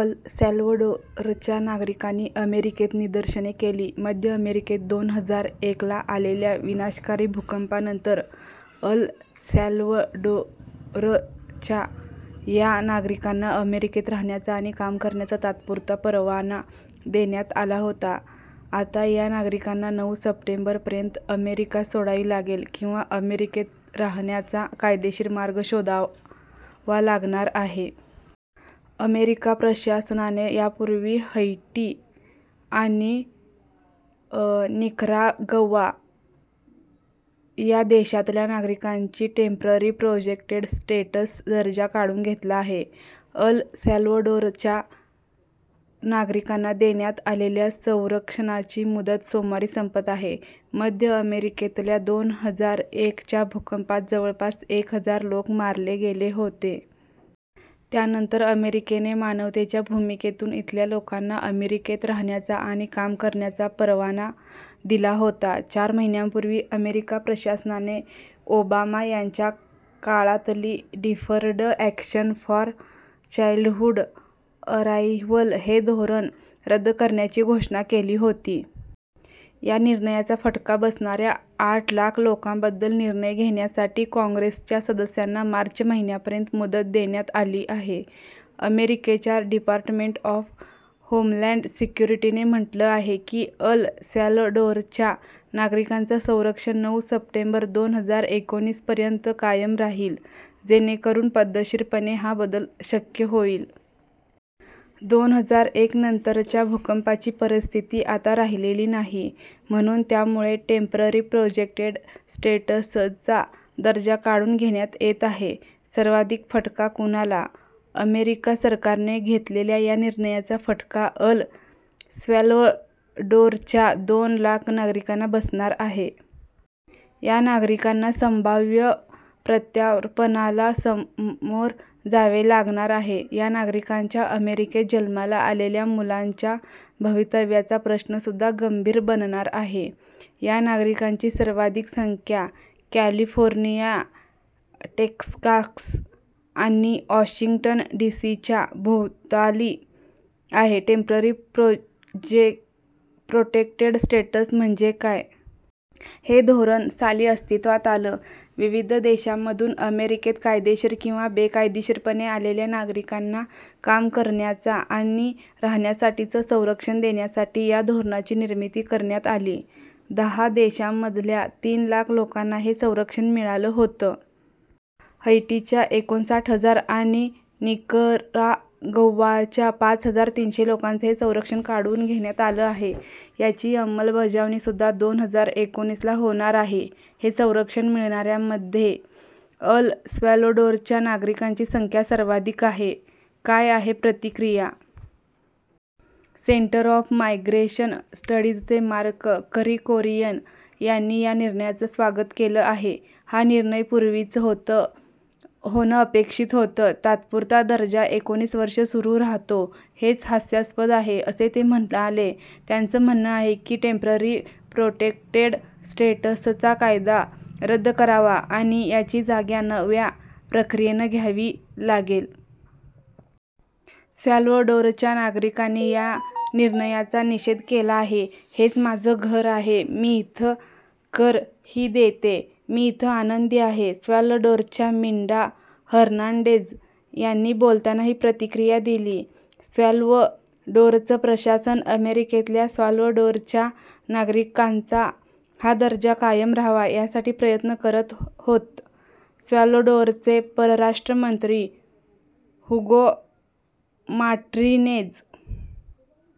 अल सॅल्वडोरच्या नागरिकांनी अमेरिकेत निदर्शने केली. मध्य अमेरिकेत दोन हजार एक ला आलेल्या विनाशकारी भूकंपानंतर अल सॅल्वडोरच्या या नागरिकांना अमेरिकेत राहण्याचा आणि काम करण्याचा तात्पुरता परवाना देण्यात आला होता. आता या नागरिकांना नऊ सप्टेंबर पर्यंत अमेरिका सोडावी लागेल किंवा अमेरिकेत राहण्याचा कायदेशीर मार्ग शोधावा लागणार आहे. अमेरिका प्रशासनाने यापूर्वीच हैटी आणि निकरागौवा या देशातल्या नागरिकांचा टेंपररी प्रोटेक्टेड स्टेटस दर्जा काढून घेतला आहे. अल सॅल्वडोरच्या नागरिकांना देण्यात आलेल्या संरक्षणाची मुदत सोमवारी संपत आहे. मध्य अमेरिकेतल्या दोन हजार एक च्या भूकंपात जवळपास एक हजार लोक मारले गेले होते. त्यानंतर अमेरिकेने मानवतेच्या भूमिकेतून इथल्या लोकांना अमेरिकेत राहण्याचा आणि काम करण्याचा परवाना दिला होता. चार महिन्यांपूर्वी अमेरिका प्रशासनाने ओबामा यांच्या काळातली deferred action for childhood arrival हे धोरण रद्द करण्याची घोषणा केली होती. या निर्णयाचा फटका बसणाऱ्या आठ लाख लोकांबद्दल निर्णय घेण्यासाठी काँग्रेसच्या सदस्यांना मार्च महिन्यापर्यंत मुदत देण्यात आली आहे. अमेरिकेच्या डिपार्टमेंट ऑफ होमलॅंड सिक्युरिटीने म्हटलं आहे की अल सॅल्वडोरच्या नागरिकांचं संरक्षण नऊ सप्टेंबर दोन हजार एकोणीसपर्यंत कायम राहील जेणेकरून पद्धतशीरपणे हा बदल शक्य होईल. दोन हजार एक नंतरच्या भूकंपाची परिस्थिती आता राहिलेली नाही. म्हणून त्यामुळे टेंपररी प्रोटेक्टेड स्टेटसचा दर्जा काढून घेण्यात येत आहे. सर्वाधिक फटका कुणाला? अमेरिका सरकारने घेतलेल्या या निर्णयाचा फटका अल सॅल्वडोरच्या दोन लाख नागरिकांना बसणार आहे. या नागरिकांना संभाव्य प्रत्यार्पणाला समोर जावे लागणार आहे. या नागरिकांच्या अमेरिकेत जन्माला आलेल्या मुलांच्या भवितव्याचा प्रश्नसुद्धा गंभीर बनणार आहे. या नागरिकांची सर्वाधिक संख्या कॅलिफोर्निया, टेक्सास आणि वॉशिंग्टन डीसीच्या भोवताली आहे. टेंपररी प्रोटेक्टेड स्टेटस म्हणजे काय? हे धोरण साली अस्तित्वात आलं. विविध देशांमधून अमेरिकेत कायदेशीर किंवा बेकायेदशीरपणे आलेल्या नागरिकांना काम करण्याचा आणि राहाण्यासाठीचं संरक्षण देण्यासाठी या धोरणाची निर्मिती करण्यात आली. दहा देशांमधल्या तीन लाख लोकांना हे संरक्षण मिळालं होतं. हैटीच्या एकोणसाठ हजार आणि निकरागौवाच्या पाच हजार तीनशे लोकांचं हे संरक्षण काढून घेण्यात आलं आहे. याची अंमलबजावणीसुद्धा दोन हजार एकोणीसला होणार आहे. हे संरक्षण मिळाणाऱ्यांमध्ये अल सॅल्वडोरच्या नागरिकांची संख्या सर्वाधिक आहे. काय आहेत प्रतिक्रिया? सेंटर ऑफ मायग्रेशन स्टडीजचे मार्क करिकोरियन यांनी या निर्णयाचं स्वागत केलं आहे. हा निर्णय पूर्वीच होणं अपेक्षित होतं. तात्पुरता दर्जा एकोणीस वर्षं सुरू राहतो, हेच हास्यास्पद आहे, असे ते म्हणाले. त्यांचं म्हणणं आहे की टेंपररी प्रोटेक्टेड स्टेटसचा कायदा रद्द करावा आणि याची जागा नव्या प्रक्रियेनं घ्यावी लागेल. सॅल्वडोरच्या नागरिकांनी या निर्णयाचा निषेध केला आहे. हेच माझं घर आहे. मी इथं कर ही देते. मी इथं आनंदी आहे, सॅल्वडोरच्या मिंडा हर्नांडेज यांनी बोलताना ही प्रतिक्रिया दिली. सॅल्वडोरचं प्रशासन अमेरिकेतल्या सॅल्वडोरच्या नागरिकांचा हा दर्जा कायम राहावा, यासाठी प्रयत्न करत होतं. सॅल्वडोरचे परराष्ट्र मंत्री हुगो माट्रिनेज